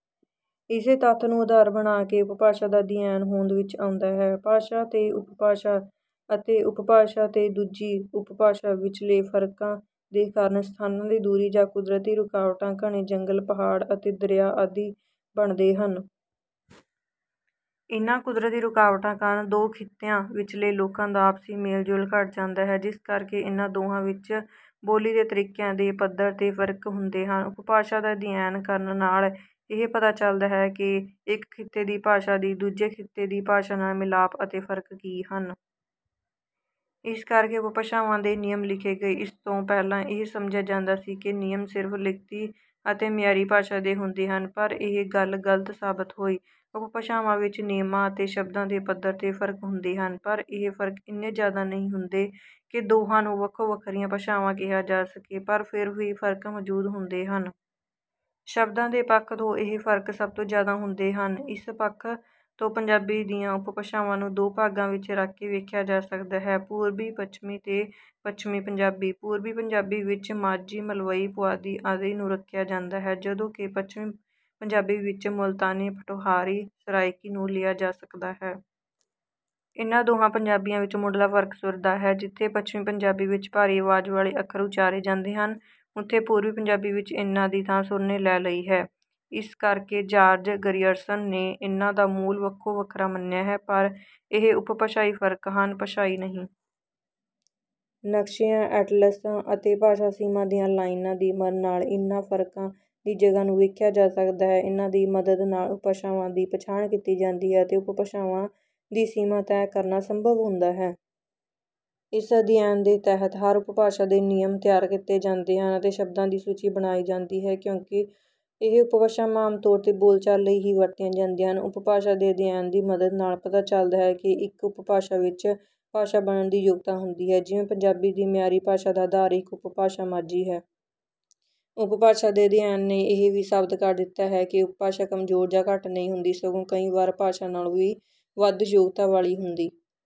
ਇਸੇ ਤੱਥ ਨੂੰ ਅਧਾਰ ਬਣਾ ਕੇ ਉਪਭਾਸ਼ਾ ਦਾ ਅਧਿਐਨ ਹੋਂਦ ਵਿੱਚ ਆਉਂਦਾ ਹੈ। ਭਾਸ਼ਾ ਤੇ ਉਪਭਾਸ਼ਾ ਅਤੇ ਉਪਭਾਸ਼ਾ ਤੇ ਦੂਜੀ ਉਪਭਾਸ਼ਾ ਵਿਚਲੇ ਫਰਕਾਂ ਦੇ ਕਾਰਨ ਸਥਾਨਾਂ ਦੀ ਦੂਰੀ ਜਾਂ ਕੁਦਰਤੀ ਰੁਕਾਵਟਾਂ, ਘਣੇ ਜੰਗਲ, ਪਹਾੜ ਅਤੇ ਦਰਿਆ ਆਦਿ ਬਣਦੇ ਹਨ। ਇਨ੍ਹਾਂ ਕੁਦਰਤੀ ਰੁਕਾਵਟਾਂ ਕਾਰਨ ਦੋ ਖਿੱਤਿਆਂ ਵਿਚਲੇ ਲੋਕਾਂ ਦਾ ਆਪਸੀ ਮੇਲ-ਜੋਲ ਘੱਟ ਜਾਂਦਾ ਹੈ, ਜਿਸ ਕਰਕੇ ਇਨ੍ਹਾਂ ਦੋਹਾਂ ਵਿੱਚ ਬੋਲੀ ਦੇ ਤਰੀਕਿਆਂ ਦੇ ਪੱਧਰ 'ਤੇ ਫਰਕ ਹੁੰਦੇ ਹਨ। ਉਪਭਾਸ਼ਾ ਦਾ ਅਧਿਐਨ ਕਰਨ ਨਾਲ ਇਹ ਪਤਾ ਚਲਦਾ ਹੈ ਕਿ ਇੱਕ ਖਿੱਤੇ ਦੀ ਭਾਸ਼ਾ ਦੀ ਦੂਜੇ ਖਿੱਤੇ ਦੀ ਭਾਸ਼ਾ ਨਾਲ ਮਿਲਾਪ ਅਤੇ ਫਰਕ ਕੀ ਹਨ। ਇਸ ਕਰਕੇ ਉਪਭਾਸ਼ਾਵਾਂ ਦੇ ਨਿਯਮ ਲਿਖੇ ਗਏ। ਇਸ ਤੋਂ ਪਹਿਲਾਂ ਇਹ ਸਮਝਿਆ ਜਾਂਦਾ ਸੀ ਕਿ ਨਿਯਮ ਸਿਰਫ਼ ਲਿਖਤੀ ਅਤੇ ਮਿਆਰੀ ਭਾਸ਼ਾ ਦੇ ਹੁੰਦੇ ਹਨ, ਪਰ ਇਹ ਗੱਲ ਗਲਤ ਸਾਬਤ ਹੋਈ। ਉਪਭਾਸ਼ਾਵਾਂ ਵਿੱਚ ਨਿਯਮਾਂ ਅਤੇ ਸ਼ਬਦਾਂ ਦੇ ਪੱਧਰ 'ਤੇ ਫਰਕ ਹੁੰਦੇ ਹਨ, ਪਰ ਇਹ ਫਰਕ ਇੰਨੇ ਜ਼ਿਆਦਾ ਨਹੀਂ ਹੁੰਦੇ ਕਿ ਦੋਹਾਂ ਨੂੰ ਵੱਖੋ-ਵੱਖਰੀਆਂ ਭਾਸ਼ਾਵਾਂ ਕਿਹਾ ਜਾ ਸਕੇ, ਪਰ ਫਿਰ ਵੀ ਫਰਕ ਮੌਜੂਦ ਹੁੰਦੇ ਹਨ। ਸ਼ਬਦਾਂ ਦੇ ਪੱਖ ਤੋਂ ਇਹ ਫਰਕ ਸਭ ਤੋਂ ਜ਼ਿਆਦਾ ਹੁੰਦੇ ਹਨ। ਇਸ ਪੱਖ ਤੋਂ ਪੰਜਾਬੀ ਦੀਆਂ ਉਪਭਾਸ਼ਾਵਾਂ ਨੂੰ ਦੋ ਭਾਗਾਂ ਵਿੱਚ ਰੱਖ ਕੇ ਵੇਖਿਆ ਜਾ ਸਕਦਾ ਹੈ: ਪੂਰਬੀ ਪੰਜਾਬੀ ਤੇ ਪੱਛਮੀ ਪੰਜਾਬੀ। ਪੂਰਬੀ ਪੰਜਾਬੀ ਵਿੱਚ ਮਾਝੀ, ਮਲਵਈ, ਪੁਆਧੀ ਆਦਿ ਨੂੰ ਰੱਖਿਆ ਜਾਂਦਾ ਹੈ, ਜਦੋਂ ਕਿ ਪੱਛਮੀ ਪੰਜਾਬੀ ਵਿੱਚ ਮੁਲਤਾਨੀ, ਪੋਠੋਹਾਰੀ, ਸਰਾਇਕੀ ਨੂੰ ਲਿਆ ਜਾ ਸਕਦਾ ਹੈ। ਇਨ੍ਹਾਂ ਦੋਹਾਂ ਪੰਜਾਬੀਆਂ ਵਿੱਚ ਮੁੱਢਲਾ ਫਰਕ ਸੁਰ ਦਾ ਹੈ। ਜਿੱਥੇ ਪੱਛਮੀ ਪੰਜਾਬੀ ਵਿੱਚ ਭਾਰੀ ਆਵਾਜ਼ ਵਾਲੇ ਅੱਖਰ ਉਚਾਰੇ ਜਾਂਦੇ ਹਨ, ਉੱਥੇ ਪੂਰਬੀ ਪੰਜਾਬੀ ਵਿੱਚ ਇਨ੍ਹਾਂ ਦੀ ਥਾਂ ਸੁਰ ਨੇ ਲੈ ਲਈ ਹੈ। ਇਸ ਕਰਕੇ ਜਾਰਜ ਗਰੀਅਰਸਨ ਨੇ ਇਨ੍ਹਾਂ ਦਾ ਮੂਲ ਵੱਖੋ-ਵੱਖਰਾ ਮੰਨਿਆ ਹੈ, ਪਰ ਇਹ ਉਪਭਾਸ਼ਾਈ ਫਰਕ ਹਨ, ਭਾਸ਼ਾਈ ਨਹੀਂ। ਨਕਸ਼ਿਆਂ, ਐਟਲਸਾਂ ਅਤੇ ਭਾਸ਼ਾ-ਸੀਮਾ ਦੀਆਂ ਲਾਈਨਾਂ ਦੀ ਮਦ ਨਾਲ ਇਨ੍ਹਾਂ ਫਰਕਾਂ ਦੀ ਜਗ੍ਹਾ ਨੂੰ ਵੇਖਿਆ ਜਾ ਸਕਦਾ ਹੈ। ਇਨ੍ਹਾਂ ਦੀ ਮਦਦ ਨਾਲ ਉਪਭਾਸ਼ਾਵਾਂ ਦੀ ਪਛਾਣ ਕੀਤੀ ਜਾਂਦੀ ਹੈ ਅਤੇ ਉਪਭਾਸ਼ਾਵਾਂ ਦੀ ਸੀਮਾ ਤੈਅ ਕਰਨਾ ਸੰਭਵ ਹੁੰਦਾ ਹੈ। ਇਸ ਅਧਿਐਨ ਦੇ ਤਹਿਤ ਹਰ ਉਪਭਾਸ਼ਾ ਦੇ ਨਿਯਮ ਤਿਆਰ ਕੀਤੇ ਜਾਂਦੇ ਹਨ ਅਤੇ ਸ਼ਬਦਾਂ ਦੀ ਸੂਚੀ ਬਣਾਈ ਜਾਂਦੀ ਹੈ, ਕਿਉਂਕਿ ਇਹ ਉਪਭਾਸ਼ਾਵਾਂ ਆਮ ਤੌਰ 'ਤੇ ਬੋਲਚਾਲ ਲਈ ਹੀ ਵਰਤੀਆਂ ਜਾਂਦੀਆਂ ਹਨ। ਉਪਭਾਸ਼ਾ ਦੇ ਅਧਿਐਨ ਦੀ ਮਦਦ ਨਾਲ ਪਤਾ ਚਲਦਾ ਹੈ ਕਿ ਇੱਕ ਉਪਭਾਸ਼ਾ ਵਿੱਚ ਭਾਸ਼ਾ ਬਣਨ ਦੀ ਯੋਗਤਾ ਹੁੰਦੀ ਹੈ, ਜਿਵੇਂ ਪੰਜਾਬੀ ਦੀ ਮਿਆਰੀ ਭਾਸ਼ਾ ਦਾ ਅਧਾਰ ਇੱਕ ਉਪਭਾਸ਼ਾ 'ਮਾਝੀ' ਹੈ। ਉਪਭਾਸ਼ਾ ਦੇ ਅਧਿਐਨ ਨੇ ਇਹ ਵੀ ਸਾਬਤ ਕਰ ਦਿੱਤਾ ਹੈ ਕਿ ਉਪਭਾਸ਼ਾ ਕਮਜ਼ੋਰ ਜਾਂ ਘੱਟ ਨਹੀਂ ਹੁੰਦੀ, ਸਗੋਂ ਕਈ ਵਾਰ ਭਾਸ਼ਾ ਨਾਲੋਂ ਵੀ ਵੱਧ ਯੋਗਤਾ ਵਾਲੀ ਹੁੰਦੀ